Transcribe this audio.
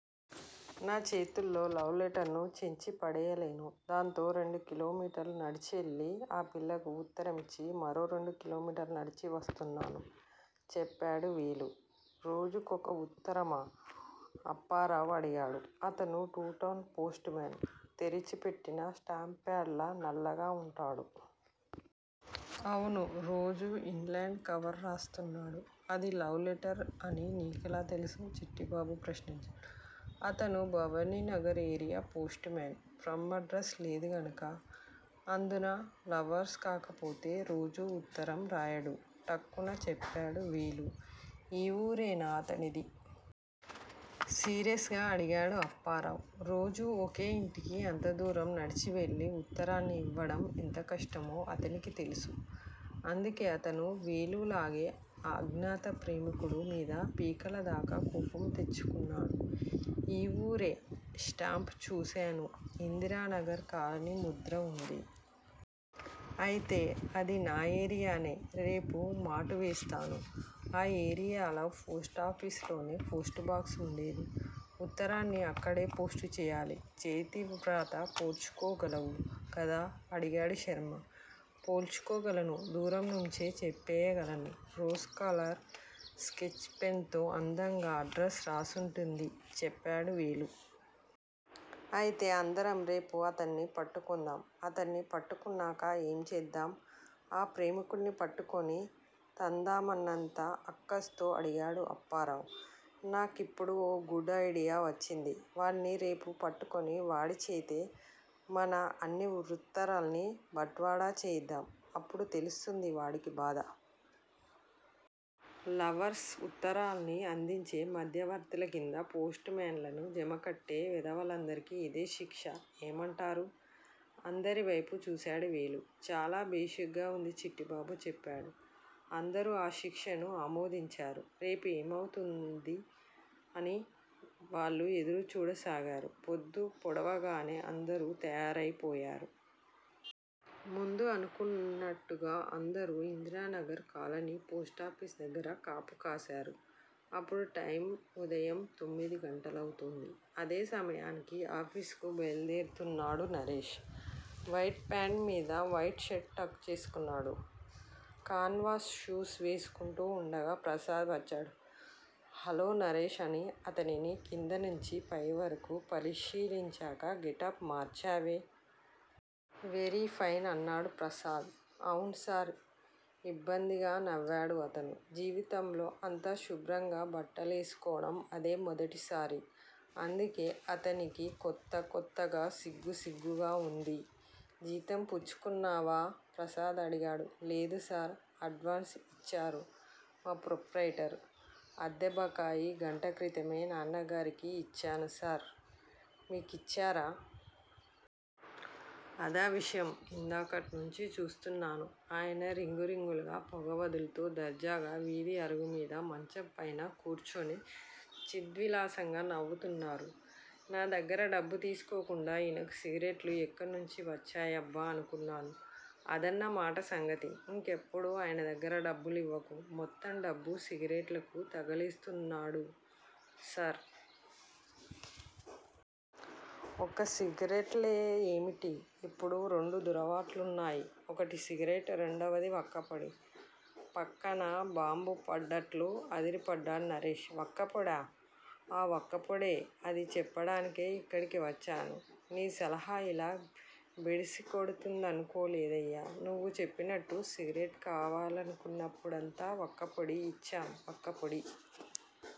నా చేతుల్తో love letter ను చించిపడెయ్యలేను. దాంతో రెండు కిలోమీటర్లు నడిచెళ్ళి ఆ పిల్లకు ఉత్తరం యిచ్చి మరో రెండు కిలోమీటర్లు నడిచి వస్తున్నాను. చెప్పాడు వేలు. రోజుకొక ఉత్తరమా? అప్పారావు అడిగాడు. అతను టు టౌన్ పోస్టుమాన్. తెరిచిపెట్టిన స్టాంప్ ప్యాడ్ లా నల్లగా వుంటాడు. అవును. రోజూ ఇన్ ల్యాండ్ కవర్ రాస్తున్నాడు. అది లవ్ లెటర్ అని నీకెలా తెలుసు? చిట్టిబాబు ప్రశ్నించాడు అతను Bhavaninagar area postman. From address లేదుగనుక. అందునా లవర్స్ కాకపోతే రోజూ ఉత్తరం రాయడు ఠక్కున చెప్పాడు వేలు. ఈ వూరేనా అతనిది? సీరియస్ గా అడిగాడు అప్పారావు రోజూ ఒకే ఇంటికి అంతదూరం నడిచెళ్ళి వుత్తరాన్ని ఇవ్వడం ఎంత కష్టమో అతనికి తెలుసు. అందుకే అతనూ వేలులాగే ఆ అజ్ఞాత ప్రేమికుడు మీద పీకలదాకా కోపం తెచ్చుకున్నాడు. ఈ వూరే, స్టాంప్ చూశాను. ఇందిరానగర్ కాలనీ ముద్ర వుంది. అయితే అది నా ఏరియానే. రేపు మాటు వేస్తాను. ఆ ఏరియాలో పోస్టాఫీసులోనే పోస్టుబాక్స్ వుండేది. ఉత్తరాన్ని అక్కడే పోస్టు చేయాలి. చేతివ్రాత పోల్చుకోగలవు కదా అడిగాడు శర్మ. పోల్చుకోగలను దూరంనుంచే చెప్పేయగలను. రోస్ కలర్ స్కెచ్ పెన్ తో అందంగా అడ్రస్ రాసుంటుంది చెప్పాడు వేలు. అయితే అందరం రేపే అతన్ని పట్టుకుందాం. అతన్ని పట్టుకున్నాక ఏం చేద్దాం? ఆ ప్రేమికుడ్ని పట్టుకుని తందామన్నంత అక్కసుతో అడిగాడు అప్పారావు. నాకిప్పుడు ఓ గుడ్ ఐడియా వచ్చింది. వాడ్ని రేపు పట్టుకుని వాడిచేతే మన అన్ని వుత్తరాల్నీ బట్వాడా చేయిద్దాం. అప్పుడు తెలుస్తోంది వాడికి బాధ. లవర్స్ ఉత్తరాల్ని అందించే మధ్యవర్తుల కింద పోస్టుమ్యాన్ లను జమకట్టే వెధవలందరికీ ఇదే శిక్ష. ఏమంటారు? అందరివైపు చూశాడు వేలు. చాలా భేషుగ్గా వుంది చిట్టిబాబు చెప్పాడు. అందరూ ఆ శిక్షను ఆమోదించారు. రేపు ఎప్పుడౌతుందా అని వాళ్ళు ఎదురుచూడసాగారు. పొద్దు పొడవగానే అందరూ తయారైపోయారు. ముందు అనుకున్నట్టు అందరూ ఇందిరానగర్ కాలనీ పోస్టాఫీసు దగ్గర కాపు కాశారు. అప్పుడు టైమ్ ఉదయం తొమ్మిదిగంటలవుతోంది. అదే సమయానికి ఆఫీస్ కు బయల్దేరుతున్నాడు నరేష్. వైట్ ఫ్యాంట్ మీద వైట్ షర్ట్ టక్ చేసుకున్నాడు. కాన్వాస్ షూస్ వేసుకుంటూ వుండగా ప్రసాద్ వచ్చాడు. హలో నరేష్ అని అతనిని కిందనుంచి పైవరకూ పరిశీలించాక గెటప్ మార్చావే. వెరీఫైన్ అన్నాడు ప్రసాద్. అవును సార్ ఇబ్బందిగా నవ్వాడు అతను. జీవితంలో అంత శుభ్రంగా బట్టలేసుకోవడం అదే మొదటిసారి. అందుకే అతనికి కొత్త కొత్తగా సిగ్గుసిగ్గుగా వుంది. జీతం పుచ్చుకున్నావా? ప్రసాద్ అడిగాడు. లేదు సార్. అడ్వాన్స్ ఇచ్చారు మా ప్రొప్రయిటర్. అద్దె బకాయి గంట క్రితమే నాన్నగారికి ఇచ్చాను సార్ మీకిచ్చారా? అదా విషయం. ఇందాకట్నుంచీ చూస్తున్నాను. ఆయన రింగు రింగులుగా పొగ వదులుతూ దర్జాగా వీధి అరుగుమీద మంచంపైన కూర్చుని చిద్విలాసంగా నవ్వుతున్నారు. నా దగ్గర డబ్బు తీసుకోకుండా ఈయనకు సిగరెట్లు ఎక్కడి నుంచి వచ్చాయబ్బా అనుకున్నాను. అదన్నమాట సంగతి. ఇంకెప్పుడూ ఆయన దగ్గర డబ్బులివ్వకు. మొత్తం డబ్బూ సిగరెట్లకు తగలేస్తున్నాడా సార్? ఒక్క సిగరెట్లే యేమిటి? ఇప్పుడు రెండు దురలవాట్లున్నాయి. ఒకటి సిగరెట్. రెండోది వక్కపొడి. పక్కన బాంబుపడ్డట్లు అదిరిపడ్డాడు నరేష్. వక్కపొడా? ఆఁ వక్కపొడే! అది చెప్పడానికే ఇక్కడికి వచ్చాను. నీ సలహా యిలా బెడిసికొడుతుందనుకోలేదయ్యా! నువ్వు చెప్పినట్టు సిగరెట్ కావాలనుకున్నప్పుడంతా వక్కపొడి యిచ్చాం. వక్కపొడి